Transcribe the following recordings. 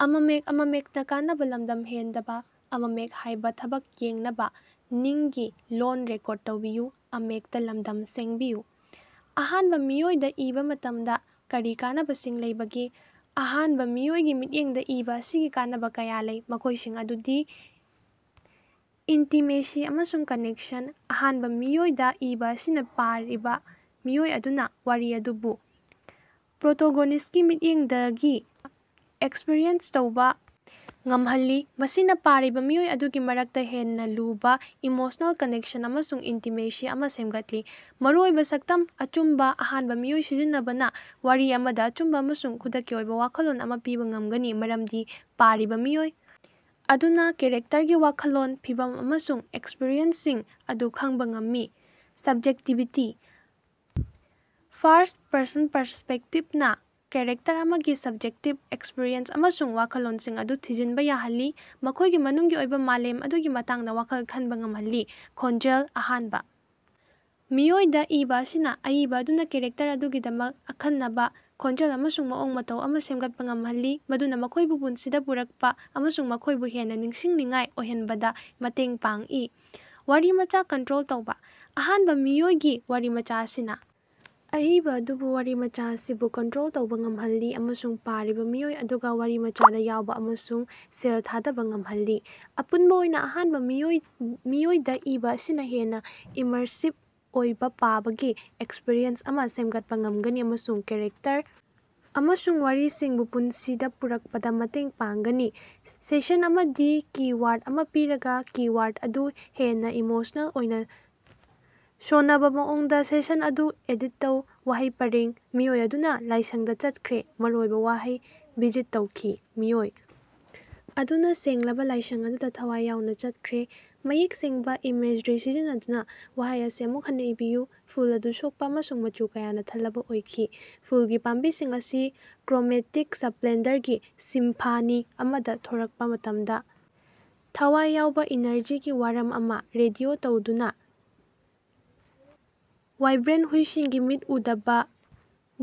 ꯑꯍꯥꯟꯕ ꯃꯤꯑꯣꯏꯗ ꯏꯕ ꯃꯇꯝꯗ ꯀꯔꯤ ꯀꯥꯟꯅꯕꯁꯤꯡ ꯂꯩꯕꯒꯦ? ꯑꯍꯥꯟꯕꯥ ꯃꯤꯑꯣꯏꯒꯤ ꯃꯤꯠꯌꯦꯡꯗ ꯏꯕ ꯑꯁꯤꯒꯤ ꯀꯥꯟꯅꯕ ꯀꯌꯥ ꯂꯩ, ꯃꯈꯣꯏꯁꯤꯡ ꯑꯗꯨꯗꯤ: ꯏꯟꯇꯤꯃꯦꯁꯤ ꯑꯃꯁꯨꯡ ꯀꯅꯦꯛꯁꯟ: ꯑꯍꯥꯟꯕ ꯃꯤꯑꯣꯏꯗ ꯏꯕ ꯑꯁꯤꯅ ꯄꯥꯔꯤꯕ ꯃꯤꯑꯣꯏ ꯑꯗꯨꯅ ꯋꯥꯔꯤ ꯑꯗꯨꯕꯨ ꯄ꯭ꯔꯣꯇꯣꯒꯣꯅꯤꯁꯠꯀꯤ ꯃꯤꯠꯌꯦꯡꯗꯒꯤ ꯑꯦꯛꯁꯄꯔꯤꯑꯦꯟꯁ ꯇꯧꯕ ꯉꯝꯍꯜꯂꯤ, ꯃꯁꯤꯅ ꯄꯥꯔꯤꯕ ꯃꯤꯑꯣꯏ ꯑꯗꯨꯒꯤ ꯃꯔꯛꯇ ꯍꯦꯟꯅ ꯂꯨꯕ ꯏꯃꯣꯁꯅꯦꯜ ꯀꯅꯦꯛꯁꯟ ꯑꯃꯁꯨꯡ ꯏꯟꯇꯤꯃꯦꯁꯤ ꯑꯃ ꯁꯦꯝꯒꯠꯂꯤ꯫ ꯃꯔꯨꯑꯣꯏꯕ ꯁꯛꯇꯝ꯫ ꯑꯆꯨꯝꯕ: ꯑꯍꯥꯟꯕ ꯃꯤꯑꯣꯏ ꯁꯤꯖꯤꯟꯅꯕꯅ ꯋꯥꯔꯤ ꯑꯃꯗ ꯑꯆꯨꯝꯕ ꯑꯃꯁꯨꯡ ꯈꯨꯗꯛꯀꯤ ꯑꯣꯏꯕ ꯋꯥꯈꯜꯂꯣꯟ ꯑꯃ ꯄꯤꯕ ꯉꯝꯒꯅꯤ ꯃꯔꯝꯗꯤ ꯄꯥꯔꯤꯕ ꯃꯤꯑꯣꯏ ꯑꯗꯨꯅ ꯀꯦꯔꯦꯛꯇꯔꯒꯤ ꯋꯥꯈꯜꯂꯣꯟ, ꯐꯤꯚꯝ ꯑꯃꯁꯨꯡ ꯑꯦꯛꯁꯄꯔꯤꯌꯦꯟꯁꯁꯤꯡ ꯑꯗꯨ ꯈꯪꯕ ꯉꯝꯏ꯫ ꯁꯕꯖꯦꯛꯇꯤꯕꯤꯇꯤ: ꯐꯥꯔꯁ꯭ꯠ-ꯄꯔꯁꯟ ꯄꯔꯁꯄꯦꯛꯇꯤꯚꯅ ꯀꯦꯔꯦꯛꯇꯔ ꯑꯃꯒꯤ ꯁꯕꯖꯦꯛꯇꯤꯚ ꯑꯦꯛꯁꯄꯔꯤꯑꯦꯟꯁ ꯑꯃꯁꯨꯡ ꯋꯥꯈꯜꯂꯣꯟꯁꯤꯡ ꯑꯗꯨ ꯊꯤꯖꯤꯟꯕ ꯌꯥꯍꯜꯂꯤ, ꯃꯈꯣꯢꯒꯤ ꯃꯅꯨꯡꯒꯤ ꯑꯣꯏꯕ ꯃꯥꯂꯦꯝ ꯑꯗꯨꯒꯤ ꯃꯇꯥꯡꯗ ꯋꯥꯈꯜ ꯈꯟꯕ ꯉꯝꯍꯜꯂꯤ ꯫ ꯈꯣꯟꯖꯦꯜ: ꯑꯍꯥꯟꯕ ꯃꯤꯑꯣꯏꯗ ꯏꯕ ꯑꯁꯤꯅ ꯑꯏꯕ ꯑꯗꯨꯅ ꯀꯦꯔꯦꯛꯇꯔ ꯑꯗꯨꯒꯤꯗꯃꯛ ꯑꯈꯟꯅꯕ ꯈꯣꯟꯖꯦꯜ ꯑꯃꯁꯨꯡ ꯃꯑꯣꯡ ꯃꯇꯧ ꯑꯃ ꯁꯦꯝꯒꯠꯄ ꯉꯝꯍꯜꯂꯤ, ꯃꯗꯨꯅ ꯃꯈꯣꯏꯕꯨ ꯄꯨꯟꯁꯤꯗ ꯄꯨꯔꯛꯄ ꯑꯃꯁꯨꯡ ꯃꯈꯣꯏꯕꯨ ꯍꯦꯟꯅ ꯅꯤꯡꯁꯤꯡꯅꯤꯡꯉꯥꯏ ꯑꯣꯏꯍꯟꯕꯗ ꯃꯇꯦꯡ ꯄꯥꯡꯏ꯫ ꯋꯥꯔꯤꯃꯆꯥ ꯀꯟꯇ꯭ꯔꯣꯜ ꯇꯧꯕ: ꯑꯍꯥꯟꯕ ꯃꯤꯑꯣꯏꯒꯤ ꯋꯥꯔꯤꯃꯆꯥ ꯑꯁꯤꯅ ꯑꯏꯕ ꯑꯗꯨꯕꯨ ꯋꯥꯔꯤꯃꯆꯥ ꯑꯁꯤꯕꯨ ꯀꯟꯇ꯭ꯔꯣꯜ ꯇꯧꯕ ꯉꯝꯍꯜꯂꯤ ꯑꯃꯁꯨꯡ ꯄꯥꯔꯤꯕ ꯃꯤꯑꯣꯏ ꯑꯗꯨꯒ ꯋꯥꯔꯤꯃꯆꯥꯗ ꯌꯥꯎꯕ ꯑꯃꯁꯨꯡ ꯁꯦꯜ ꯊꯥꯗꯕ ꯉꯝꯍꯜꯂꯤ꯫ ꯑꯄꯨꯟꯕ ꯑꯣꯏꯅ ꯑꯍꯥꯟꯕ ꯃꯤꯑꯣꯏꯗ ꯏꯕ ꯑꯁꯤꯅ ꯍꯦꯟꯅ ꯏꯃꯔꯁꯤꯚ ꯑꯣꯏꯕ ꯄꯥꯕꯒꯤ ꯑꯦꯛꯁꯄꯔꯤꯌꯦꯟꯁ ꯑꯃ ꯁꯦꯝꯒꯠꯄ ꯉꯝꯒꯅꯤ ꯑꯃꯁꯨꯡ ꯀꯦꯔꯦꯛꯇꯔ ꯑꯃꯁꯨꯡ ꯋꯥꯔꯤꯁꯤꯡꯕꯨ ꯄꯨꯟꯁꯤꯗ ꯄꯨꯔꯛꯄꯗ ꯃꯇꯦꯡ ꯄꯥꯡꯒꯅꯤ꯫ ꯁꯦꯟꯁꯟ ꯑꯃꯗꯤ ꯀꯤ-ꯋꯥꯔꯗ ꯑꯃ ꯄꯤꯔꯒ, ꯀꯤ-ꯋꯥꯔꯗ ꯑꯗꯨ ꯍꯦꯟꯅ ꯏꯃꯣꯁꯅꯦꯜ ꯑꯣꯏꯅ ꯁꯣꯅꯕ ꯃꯑꯣꯡꯗ ꯁꯦꯟꯁꯟ ꯑꯗꯨ ꯑꯦꯗꯤꯠ ꯇꯧ꯫ ꯋꯥꯍꯩ ꯄꯔꯦꯡ: ꯃꯤꯑꯣꯏ ꯑꯗꯨꯅ ꯂꯥꯏꯁꯪꯗ ꯆꯠꯈ꯭ꯔꯦ꯫ ꯃꯔꯨꯑꯣꯏꯕ ꯋꯥꯍꯩ: ꯚꯤꯖꯤꯠ ꯇꯧꯈꯤ꯫ ꯃꯤꯑꯣꯏ ꯑꯗꯨꯅ ꯁꯦꯡꯂꯕ ꯂꯥꯏꯁꯪ ꯑꯗꯨꯗ ꯊꯋꯥꯏ ꯌꯥꯎꯅ ꯆꯠꯈ꯭ꯔꯦ꯫ ꯃꯌꯦꯛ ꯁꯦꯡꯕ ꯏꯃꯦꯖꯔꯤ ꯁꯤꯖꯤꯟꯅꯗꯨꯅ ꯋꯥꯍꯩ ꯑꯁꯤ ꯑꯃꯨꯛ ꯍꯟꯅ ꯏꯕꯤꯌꯨ꯫ ꯐꯨꯜ ꯑꯗꯨ ꯁꯣꯛꯄ ꯑꯃꯁꯨꯡ ꯃꯆꯨ ꯀꯌꯥꯅ ꯊꯜꯂꯕ ꯑꯣꯏꯈꯤ꯫ ꯐꯨꯜꯒꯤ ꯄꯥꯝꯕꯤꯁꯤꯡ ꯑꯁꯤ ꯀ꯭ꯔꯣꯃꯦꯇꯤꯛ ꯁꯞꯂꯦꯟꯗꯔꯒꯤ ꯁꯤꯝꯐꯅꯤ ꯑꯃꯗ ꯊꯣꯔꯛꯄ ꯃꯇꯝꯗ ꯊꯋꯥꯏ ꯌꯥꯎꯕ ꯏꯅꯔꯖꯤꯒꯤ ꯋꯥꯔꯝ ꯑꯃ ꯔꯦꯗꯤꯑꯣ ꯇꯧꯗꯨꯅ ꯋꯥꯏꯕ꯭ꯔꯦꯟꯇ ꯍꯨꯏꯁꯤꯡꯒꯤ ꯃꯤꯠ ꯎꯗꯕ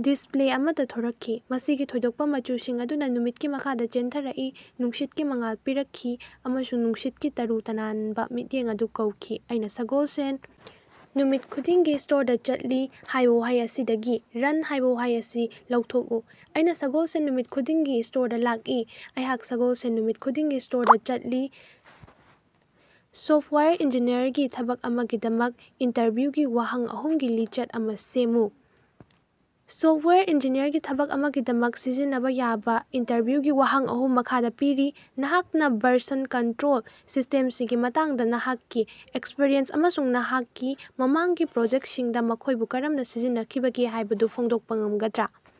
ꯗꯤꯁꯄ꯭ꯂꯦ ꯑꯃꯗ ꯊꯣꯔꯛꯈꯤ꯫ ꯃꯁꯤꯒꯤ ꯊꯣꯏꯗꯣꯛꯄ ꯃꯆꯨꯁꯤꯡ ꯑꯗꯨꯅ ꯅꯨꯃꯤꯠꯀꯤ ꯃꯈꯥꯗ ꯆꯦꯟꯊꯔꯛꯏ, ꯅꯨꯡꯁꯤꯠꯀꯤ ꯃꯉꯥꯜ ꯄꯤꯔꯛꯈꯤ ꯑꯃꯁꯨꯡ ꯅꯨꯡꯁꯤꯠꯀꯤ ꯇꯔꯨ ꯇꯅꯥꯟꯕ ꯃꯤꯠꯌꯦꯡ ꯑꯗꯨ ꯀꯧꯈꯤ꯫ "ꯑꯩꯅ ꯁꯒꯣꯜꯁꯦꯟ ꯅꯨꯃꯤꯠ ꯈꯨꯗꯤꯡꯒꯤ ꯁ꯭ꯇꯣꯔꯗ ꯆꯠꯂꯤ" ꯍꯥꯏꯕ ꯋꯥꯍꯩ ꯑꯁꯤꯗꯒꯤ 'ꯔꯟ' ꯍꯥꯏꯕ ꯋꯥꯍꯩ ꯑꯁꯤ ꯂꯧꯊꯣꯛꯎ ꯫ ꯑꯩꯅ ꯁꯒꯣꯜꯁꯦꯟ ꯅꯨꯃꯤꯠ ꯈꯨꯗꯤꯡꯒꯤ ꯁ꯭ꯇꯣꯔꯗ ꯂꯥꯛꯏ꯫ ꯑꯩꯍꯥꯛ ꯁꯒꯣꯜꯁꯦꯟ ꯅꯨꯃꯤꯠ ꯈꯨꯗꯤꯡꯒꯤ ꯁ꯭ꯇꯣꯔꯗ ꯆꯠꯂꯤ꯫ ꯁꯣꯐꯇꯋꯥꯌꯔ ꯏꯟꯖꯤꯅꯤꯌꯔꯒꯤ ꯊꯕꯛ ꯑꯃꯒꯤꯗꯃꯛ ꯏꯟꯇꯔꯚꯤꯎꯒꯤ ꯋꯥꯍꯪ ꯑꯍꯨꯝꯒꯤ ꯂꯤꯁ꯭ꯠ ꯑꯃ ꯁꯦꯝꯃꯨ꯫ ꯁꯣꯐꯇꯋꯥꯌꯔ ꯏꯟꯖꯤꯅꯤꯌꯔꯒꯤ ꯊꯕꯛ ꯑꯃꯒꯤꯗꯃꯛ ꯁꯤꯖꯤꯟꯅꯕ ꯌꯥꯕ ꯏꯟꯇꯔꯚ꯭ꯌꯨꯒꯤ ꯋꯥꯍꯪ ꯑꯍꯨꯝ ꯃꯈꯥꯗ ꯄꯤꯔꯤ: ꯅꯍꯥꯛꯅ ꯚꯔꯁꯟ ꯀꯟꯇ꯭ꯔꯣꯜ ꯁꯤꯁꯇꯦꯝꯁꯤꯡꯒꯤ ꯃꯇꯥꯡꯗ ꯅꯍꯥꯛꯀꯤ ꯑꯦꯛꯁꯄꯔꯤꯌꯦꯟꯁ ꯑꯃꯁꯨꯡ ꯅꯍꯥꯛꯀꯤ ꯃꯃꯥꯡꯒꯤ ꯄ꯭ꯔꯣꯖꯦꯛꯇꯁꯤꯡꯗ ꯃꯈꯣꯏꯕꯨ ꯀꯔꯝꯅ ꯁꯤꯖꯤꯟꯅꯈꯤꯕꯒꯦ ꯍꯥꯏꯕꯗꯨ ꯐꯣꯡꯗꯣꯛꯄ ꯉꯝꯒꯗ꯭ꯔꯥ?